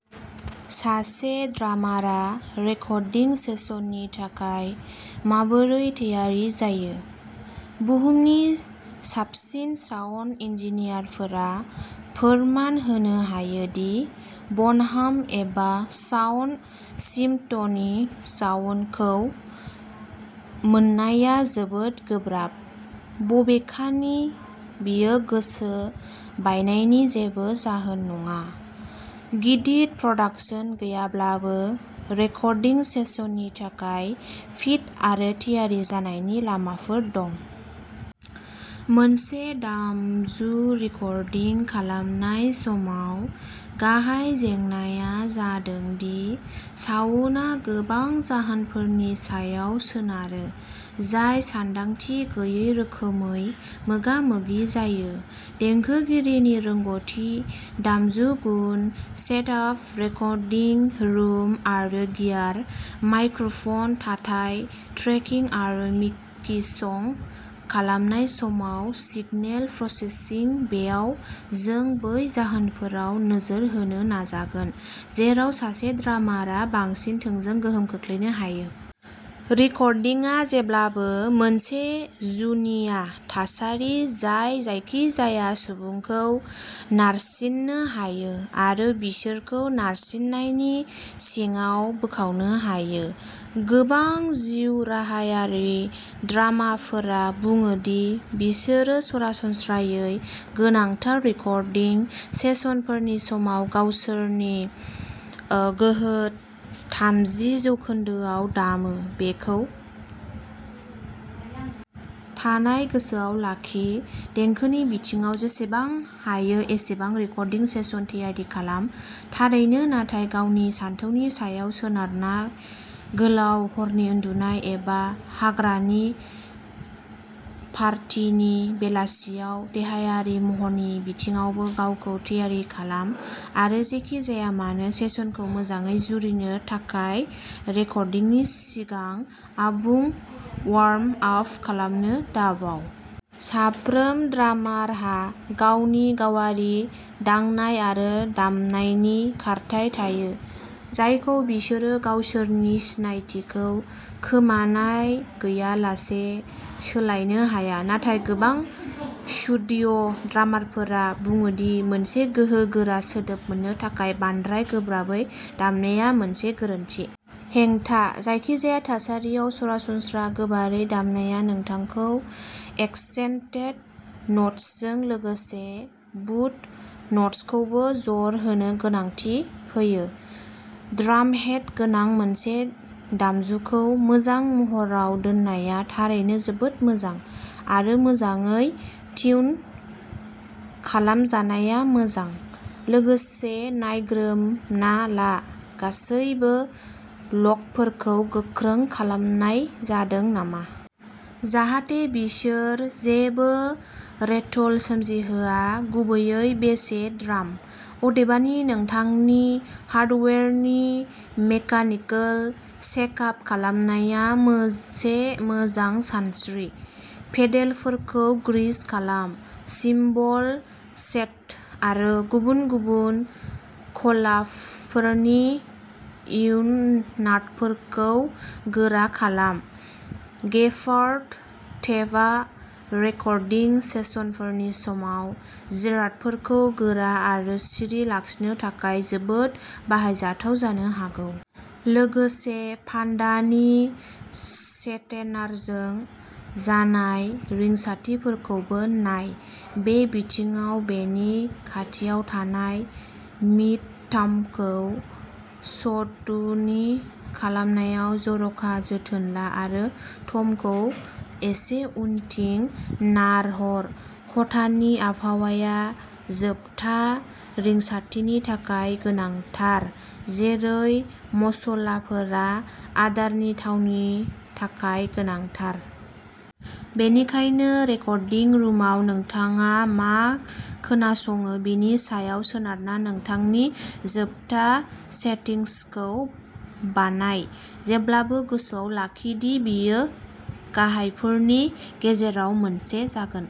सासे ड्रामारआ रेकर्डिं सेसननि थाखाय माबोरै थियारि जायो? बुहुमनि साबसिन साउन्ड इन्जिनियारफोरा फोरमान होनो हायो दि बनहाम एबा चाड स्मिथनि साउन्डखौ मोननाया जोबोद गोब्राब! बबेखानि, बेयो गोसो बायनायनि जेबो जाहोन नङा। गिदिर प्रडाक्शन गैयाब्लाबो, रेकर्डिं सेसननि थाखाय फिट आरो थियारि जानायनि लामाफोर दं। मोनसे दामजु रेकर्डिं खालामनाय समाव गाहाय जेंनाया जादों दि साउन्डआ गोबां जाहोनफोरनि सायाव सोनारो जाय सानदांथि गैयै रोखोमै मोगा मोगि जायोः देंखोगिरिनि रोंग'थि, दामजु गुन, सेटआप, रेकर्डिं रुम आरो गियार, माइक्र'फन थाथाय, ट्रेकिं आरो मिक्सिं खालामनाय समाव सिगनेल प्रसेसिं बेयाव जों बै जाहोनफोराव नोजोर होनो नाजागोन जेराव सासे ड्रामारआ बांसिन थोंजों गोहोम खोख्लैनो हायो। रेकर्डिंआ जेब्लाबो मोनसे जुनिया थासारि जाय जायखिजाया सुबुंखौ नारसिननो हायो आरो बिसोरखौ नारसिननायनि सिङाव बोखावनो हायो। गोबां जिउराहायारि ड्रामारफोरा बुङो दि बिसोरो सरासनस्रायै गोनांथार रेकर्डिं सेसनफोरनि समाव गावसोरनि ओ गोहो थामजि जौखोन्दोआव दामो। बेखौ थानाय गोसोआव लाखि, देंखोनि बिथिङाव जेसेबां हायो एसेबां रेकर्डिं सेसन थियारि खालाम, थारैनो, नाथाय गावनि सानथौनि सायाव सोनारना गोलाव हरनि उन्दुनाय एबा हाग्रानि पार्टिनि बेलासियाव देहायारि महरनि बिथिङावबो गावखौ थियारि खालाम आरो जेखि जाया मानो, सेसनखौ मोजाङै जुरिनो थाखाय रेकर्डिंनि सिगां आबुं वार्म आप खालामनो दाबाव। साफ्रोम ड्रामारहा गावनि गावारि दांनाय आरो दामनायनि खारथाइ थायो, जायखौ बिसोरो गावसोरनि सिनायथिखौ खोमानाय गैयालासे सोलायनो हाया, नाथाय गोबां स्टुडिय' ड्रामारफोरा बुङो दि मोनसे गोहोगोरा सोदोब मोननो थाखाय बांद्राय गोबारै दामनाया मोनसे गोरोन्थि। हेंथा? जायखिजाया थासारियाव, सरासनस्रा गोबारै दामनाया नोंथांखौ एक्सेन्टेड न'ट्सजों लोगोसे भुत न'ट्सखौबो जर होनो गनायथि होयो। ड्रामहेड गोनां मोनसे दामजुखौ मोजां महराव दोननाया थारैनो जोबोद मोजां आरो मोजाङै टिउन खालामजानाया मोजां। लोगोसे नायग्रोमना ला गासैबो लगफोरखौ गोख्रों खालामनाय जादों नामा। जाहाथे बिसोर जेबो रेटल सोमजिहोआ, गुबैयै बेसे ड्राम। अदेबानि, नोंथांनि हार्डवेयारनि मेकानिकेल चेकआप खालामनाया मोनसे मोजां सानस्रिः पेडेलफोरखौ ग्रीस खालाम, सिम्बल स्टेन्ड आरो गुबुन गुबुन क्लाम्पफोरनि उइं नाटफोरखौ गोरा खालाम। गेफार टेपआ रेकर्डिं सेसनफोरनि समाव जिरादफोरखौ गोरा आरो सिरि लाखिनो थाखाय जोबोद बाहायजाथाव जानो हागौ। लोगोसे, फान्दानि स्ट्रेनारजों जानाय रिंसारथिफोरखौबो नाय। बे बिथिङाव, बेनि खाथियाव थानाय मिड-टामखौ ट्युटनिं खालामनायाव जर'खा जोथोन ला आरो टमखौ एसे उनथिं नारहर। खथानि आबहावाया जोबथा रिंसारथिनि थाखाय गोनांथार, जेरै मस्लाफोरा आदारनि थावनि थाखाय गोनांथार। बेनिखायनो रेकर्डिं रुमाव नोंथाङा मा खोनासङो बेनि सायाव सोनारना नोंथांनि जोबथा सेटिंसखौ बानाय, जेब्लाबो गोसोआव लाखि दि बेयो गाहायफोरनि गेजेराव मोनसे जागोन।